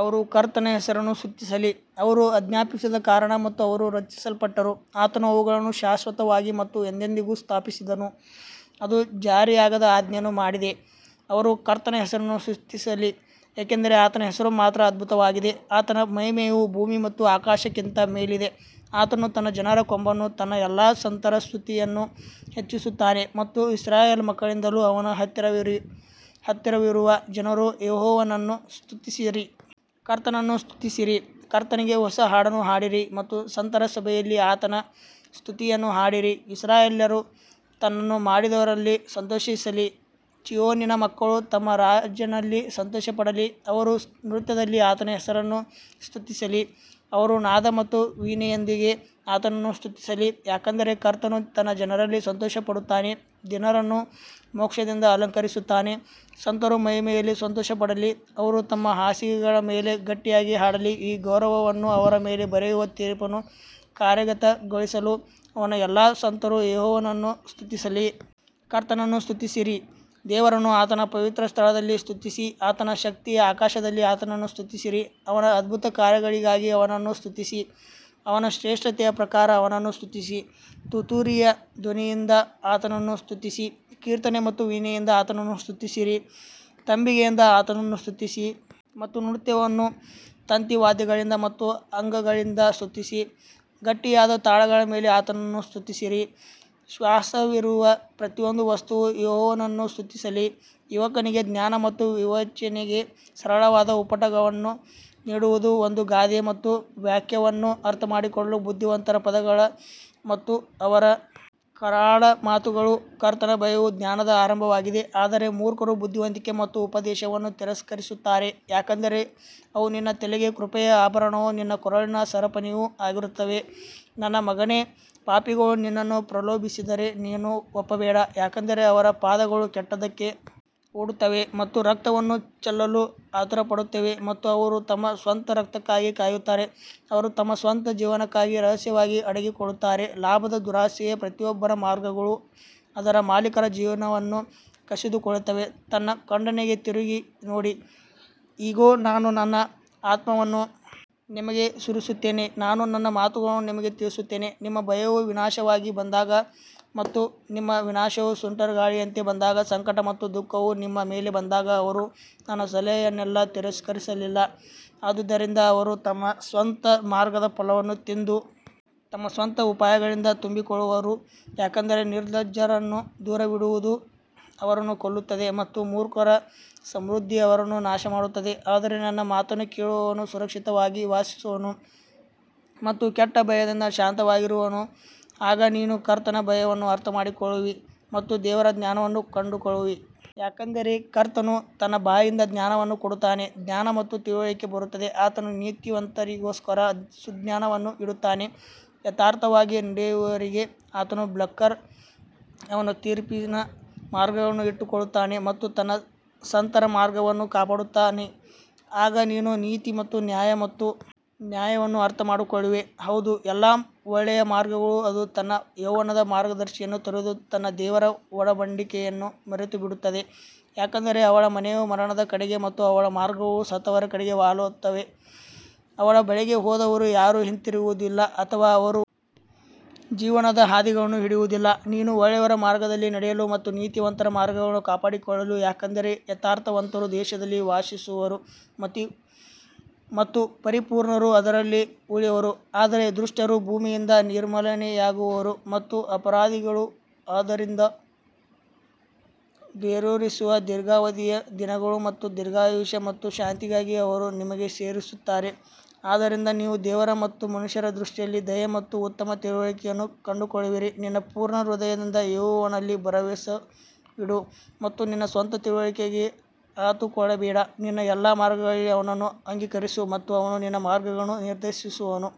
ಅವರು ಕರ್ತನ ಹೆಸರನ್ನು ಸ್ತುತಿಸಲಿ, ಅವರು ಆಜ್ಞಾಪಿಸಿದ ಕಾರಣ ಮತ್ತು ಅವರು ರಚಿಸಲ್ಪಟ್ಟರು ಆತನು ಅವುಗಳನ್ನು ಶಾಶ್ವತವಾಗಿ ಮತ್ತು ಎಂದೆಂದಿಗೂ ಸ್ಥಾಪಿಸಿದನು, ಅದು ಜಾರಿಯಾಗದ ಆಜ್ಞೆಯನ್ನು ಮಾಡಿದೆ ಅವರು ಕರ್ತನ ಹೆಸರನ್ನು ಸ್ತುತಿಸಲಿ, ಏಕೆಂದರೆ ಆತನ ಹೆಸರು ಮಾತ್ರ ಅದ್ಭುತವಾಗಿದೆ, ಆತನ ಮಹಿಮೆಯು ಭೂಮಿ ಮತ್ತು ಆಕಾಶಕ್ಕಿಂತ ಮೇಲಿದೆ ಆತನು ತನ್ನ ಜನರ ಕೊಂಬನ್ನು ತನ್ನ ಎಲ್ಲಾ ಸಂತರ ಸ್ತುತಿಯನ್ನು ಹೆಚ್ಚಿಸುತ್ತಾನೆ ಮತ್ತು ಇಸ್ರಾಯೇಲ್ ಮಕ್ಕಳಿಂದಲೂ ಅವನ ಹತ್ತಿರವಿರುವ ಜನರು ಯೆಹೋವನನ್ನು ಸ್ತುತಿಸಿರಿ. ಕರ್ತನನ್ನು ಸ್ತುತಿಸಿರಿ, ಕರ್ತನಿಗೆ ಹೊಸ ಹಾಡನ್ನು ಹಾಡಿರಿ ಮತ್ತು ಸಂತರ ಸಭೆಯಲ್ಲಿ ಆತನ ಸ್ತುತಿಯನ್ನು ಹಾಡಿರಿ ಇಸ್ರಾಯೇಲ್ಯರು ತನ್ನನ್ನು ಮಾಡಿದವರಲ್ಲಿ ಸಂತೋಷಿಸಲಿ, ಚೀಯೋನಿನ ಮಕ್ಕಳು ತಮ್ಮ ರಾಜನಲ್ಲಿ ಸಂತೋಷಪಡಲಿ ಅವರು ನೃತ್ಯದಲ್ಲಿ ಆತನ ಹೆಸರನ್ನು ಸ್ತುತಿಸಲಿ, ಅವರು ನಾದ ಮತ್ತು ವೀಣೆಯೊಂದಿಗೆ ಆತನನ್ನು ಸ್ತುತಿಸಲಿ. ಯಾಕಂದರೆ ಕರ್ತನು ತನ್ನ ಜನರಲ್ಲಿ ಸಂತೋಷಪಡುತ್ತಾನೆ, ದೀನರನ್ನು ಮೋಕ್ಷದಿಂದ ಅಲಂಕರಿಸುತ್ತಾನೆ ಸಂತರು ಮಹಿಮೆಯಲ್ಲಿ ಸಂತೋಷಪಡಲಿ, ಅವರು ತಮ್ಮ ಹಾಸಿಗೆಗಳ ಮೇಲೆ ಗಟ್ಟಿಯಾಗಿ ಹಾಡಲಿ ಈ ಗೌರವವನ್ನು ಅವರ ಮೇಲೆ ಬರೆಯುವ ತೀರ್ಪನ್ನು ಕಾರ್ಯಗತಗೊಳಿಸಲು ಅವನ ಎಲ್ಲಾ ಸಂತರು ಯೆಹೋವನನ್ನು ಸ್ತುತಿಸಲಿ. ಕರ್ತನನ್ನು ಸ್ತುತಿಸಿರಿ ದೇವರನ್ನು ಆತನ ಪವಿತ್ರಸ್ಥಳದಲ್ಲಿ ಸ್ತುತಿಸಿ ಆತನ ಶಕ್ತಿಯ ಆಕಾಶದಲ್ಲಿ ಆತನನ್ನು ಸ್ತುತಿಸಿರಿ ಅವನ ಅದ್ಭುತ ಕಾರ್ಯಗಳಿಗಾಗಿ ಅವನನ್ನು ಸ್ತುತಿಸಿ ಅವನ ಶ್ರೇಷ್ಠತೆಯ ಪ್ರಕಾರ ಅವನನ್ನು ಸ್ತುತಿಸಿ ತುತೂರಿಯ ಧ್ವನಿಯಿಂದ ಆತನನ್ನು ಸ್ತುತಿಸಿ, ಕೀರ್ತನೆ ಮತ್ತು ವೀಣೆಯಿಂದ ಆತನನ್ನು ಸ್ತುತಿಸಿರಿ ತಂಬಿಗೆಯಿಂದ ಆತನನ್ನು ಸ್ತುತಿಸಿ ಮತ್ತು ನೃತ್ಯವನ್ನು ತಂತಿ ವಾದ್ಯಗಳಿಂದ ಮತ್ತು ಅಂಗಗಳಿಂದ ಸ್ತುತಿಸಿ ಗಟ್ಟಿಯಾದ ತಾಳಗಳ ಮೇಲೆ ಆತನನ್ನು ಸ್ತುತಿಸಿರಿ ಶ್ವಾಸವಿರುವ ಪ್ರತಿಯೊಂದು ವಸ್ತುವು ಯೆಹೋವನನ್ನು ಸ್ತುತಿಸಲಿ ಯುವಕನಿಗೆ ಜ್ಞಾನ ಮತ್ತು ವಿವೇಚನೆಗೆ ಸರಳವಾದ ಉಪಟಳವನ್ನು ನೀಡುವುದು ಒಂದು ಗಾದೆ ಮತ್ತು ವ್ಯಾಖ್ಯಾನವನ್ನು ಅರ್ಥಮಾಡಿಕೊಳ್ಳಲು ಬುದ್ಧಿವಂತರ ಪದಗಳು ಮತ್ತು ಅವರ ಕರಾಳ ಮಾತುಗಳು ಕರ್ತನ ಭಯವು ಜ್ಞಾನದ ಆರಂಭವಾಗಿದೆ ಆದರೆ ಮೂರ್ಖರು ಬುದ್ಧಿವಂತಿಕೆ ಮತ್ತು ಉಪದೇಶವನ್ನು ತಿರಸ್ಕರಿಸುತ್ತಾರೆ ಯಾಕಂದರೆ ಅವು ನಿನ್ನ ತಲೆಗೆ ಕೃಪೆಯ ಆಭರಣವೂ ನಿನ್ನ ಕೊರಳಿನ ಸರಪಣಿಯೂ ಆಗಿರುತ್ತವೆ ನನ್ನ ಮಗನೇ, ಪಾಪಿಗಳು ನಿನ್ನನ್ನು ಪ್ರಲೋಭಿಸಿದರೆ ನೀನು ಒಪ್ಪಬೇಡ ಯಾಕಂದರೆ ಅವರ ಪಾದಗಳು ಕೆಟ್ಟದ್ದಕ್ಕೆ ಓಡುತ್ತವೆ ಮತ್ತು ರಕ್ತವನ್ನು ಚೆಲ್ಲಲು ಆತುರಪಡುತ್ತವೆ ಮತ್ತು ಅವರು ತಮ್ಮ ಸ್ವಂತ ರಕ್ತಕ್ಕಾಗಿ ಕಾಯುತ್ತಾರೆ, ಅವರು ತಮ್ಮ ಸ್ವಂತ ಜೀವನಕ್ಕಾಗಿ ರಹಸ್ಯವಾಗಿ ಅಡಗಿಕೊಳ್ಳುತ್ತಾರೆ ಲಾಭದ ದುರಾಸೆಯ ಪ್ರತಿಯೊಬ್ಬನ ಮಾರ್ಗಗಳು ಅದರ ಮಾಲೀಕರ ಜೀವನವನ್ನು ಕಸಿದುಕೊಳ್ಳುತ್ತವೆ ನನ್ನ ಖಂಡನೆಗೆ ತಿರುಗಿ ನೋಡಿ ಇಗೋ ನಾನು ನನ್ನ ಆತ್ಮವನ್ನು ನಿಮಗೆ ಸುರಿಸುತ್ತೇನೆ ನಾನು ನನ್ನ ಮಾತುಗಳನ್ನು ನಿಮಗೆ ತಿಳಿಸುತ್ತೇನೆ ನಿಮ್ಮ ಭಯವು ವಿನಾಶವಾಗಿ ಬಂದಾಗ ಮತ್ತು ನಿಮ್ಮ ವಿನಾಶವು ಸುಂಟರಗಾಳಿಯಂತೆ ಬಂದಾಗ ಸಂಕಟ ಮತ್ತು ದುಃಖವು ನಿಮ್ಮ ಮೇಲೆ ಬಂದಾಗ ಅವರು ನನ್ನ ಸಲಹೆಯನ್ನೆಲ್ಲಾ ತಿರಸ್ಕರಿಸಲಿಲ್ಲ ಆದುದರಿಂದ ಅವರು ತಮ್ಮ ಸ್ವಂತ ಮಾರ್ಗದ ಫಲವನ್ನು ತಿಂದು ತಮ್ಮ ಸ್ವಂತ ಉಪಾಯಗಳಿಂದ ತುಂಬಿಕೊಳ್ಳುವರು ಯಾಕಂದರೆ ನಿರ್ಲಜ್ಜರನ್ನು ದೂರವಿಡುವುದು ಅವರನ್ನು ಕೊಲ್ಲುತ್ತದೆ ಮತ್ತು ಮೂರ್ಖರ ಸಮೃದ್ಧಿ ಅವರನ್ನು ನಾಶಮಾಡುತ್ತದೆ ಆದರೆ ನನ್ನ ಮಾತನ್ನು ಕೇಳುವವನು ಸುರಕ್ಷಿತವಾಗಿ ವಾಸಿಸುವನು ಮತ್ತು ಕೆಟ್ಟ ಭಯದಿಂದ ಶಾಂತವಾಗಿರುವನು ಆಗ ನೀನು ಕರ್ತನ ಭಯವನ್ನು ಅರ್ಥಮಾಡಿಕೊಳ್ಳುವಿ ಮತ್ತು ದೇವರ ಜ್ಞಾನವನ್ನು ಕಂಡುಕೊಳ್ಳುವಿ ಯಾಕಂದರೆ ಕರ್ತನು ತನ್ನ ಬಾಯಿಂದ ಜ್ಞಾನವನ್ನು ಕೊಡುತ್ತಾನೆ, ಜ್ಞಾನ ಮತ್ತು ತಿಳುವಳಿಕೆ ಬರುತ್ತದೆ ಆತನು ನೀತಿವಂತರಿಗೋಸ್ಕರ ಸುಜ್ಞಾನವನ್ನು ಇಡುತ್ತಾನೆ, ಯಥಾರ್ಥವಾಗಿ ನಡೆಯುವವರಿಗೆ ಆತನು ಬಕ್ಲರ್ ಅವನು ತೀರ್ಪಿನ ಮಾರ್ಗಗಳನ್ನು ಇಟ್ಟುಕೊಳ್ಳುತ್ತಾನೆ ಮತ್ತು ತನ್ನ ಸಂತರ ಮಾರ್ಗವನ್ನು ಕಾಪಾಡುತ್ತಾನೆ ಆಗ ನೀನು ನೀತಿ ಮತ್ತು ನ್ಯಾಯ ಮತ್ತು ನ್ಯಾಯವನ್ನು ಅರ್ಥಮಾಡಿಕೊಳ್ಳುವೆ, ಹೌದು ಎಲ್ಲಾ ಒಳ್ಳೆಯ ಮಾರ್ಗಗಳು ಅದು ತನ್ನ ಯೌವನದ ಮಾರ್ಗದರ್ಶಿಯನ್ನು ತೊರೆದು ತನ್ನ ದೇವರ ಒಡಂಬಡಿಕೆಯನ್ನು ಮರೆತುಬಿಡುತ್ತದೆ ಯಾಕಂದರೆ ಅವಳ ಮನೆಯು ಮರಣದ ಕಡೆಗೆ ಮತ್ತು ಅವಳ ಮಾರ್ಗಗಳು ಸತ್ತವರ ಕಡೆಗೆ ವಾಲುತ್ತವೆ ಅವಳ ಬಳಿಗೆ ಹೋದವರು ಯಾರೂ ಹಿಂತಿರುಗುವುದಿಲ್ಲ ಅಥವಾ ಅವರು ಜೀವನದ ಹಾದಿಗಳನ್ನು ಹಿಡಿಯುವುದಿಲ್ಲ ನೀನು ಒಳ್ಳೆಯವರ ಮಾರ್ಗದಲ್ಲಿ ನಡೆಯಲು ಮತ್ತು ನೀತಿವಂತರ ಮಾರ್ಗಗಳನ್ನು ಕಾಪಾಡಿಕೊಳ್ಳಲು ಯಾಕಂದರೆ ಯಥಾರ್ಥವಂತರು ದೇಶದಲ್ಲಿ ವಾಸಿಸುವರು ಮತ್ತು ಪರಿಪೂರ್ಣರು ಅದರಲ್ಲಿ ಉಳಿಯುವರು ಆದರೆ ದುಷ್ಟರು ಭೂಮಿಯಿಂದ ನಿರ್ಮೂಲನೆಯಾಗುವರು ಮತ್ತು ಅಪರಾಧಿಗಳು ಅದರಿಂದ ಬೇರೂರಿಸುವರು ದೀರ್ಘಾವಧಿಯ ದಿನಗಳು ಮತ್ತು ದೀರ್ಘಾಯುಷ್ಯ ಮತ್ತು ಶಾಂತಿಗಾಗಿ ಅವರು ನಿಮಗೆ ಸೇರಿಸುತ್ತಾರೆ ಆದ್ದರಿಂದ ನೀವು ದೇವರ ಮತ್ತು ಮನುಷ್ಯರ ದೃಷ್ಟಿಯಲ್ಲಿ ದಯೆ ಮತ್ತು ಉತ್ತಮ ತಿಳುವಳಿಕೆಯನ್ನು ಕಂಡುಕೊಳ್ಳುವಿರಿ ನಿನ್ನ ಪೂರ್ಣ ಹೃದಯದಿಂದ ಯೆಹೋವನಲ್ಲಿ ಭರವಸವಿಡು ಮತ್ತು ನಿನ್ನ ಸ್ವಂತ ತಿಳುವಳಿಕೆಗೆ ಆತುಕೊಳ್ಳಬೇಡ ನಿನ್ನ ಎಲ್ಲಾ ಮಾರ್ಗಗಳಲ್ಲಿ ಅವನನ್ನು ಅಂಗೀಕರಿಸು ಮತ್ತು ಅವನು ನಿನ್ನ ಮಾರ್ಗಗಳನ್ನು ನಿರ್ದೇಶಿಸುವನು.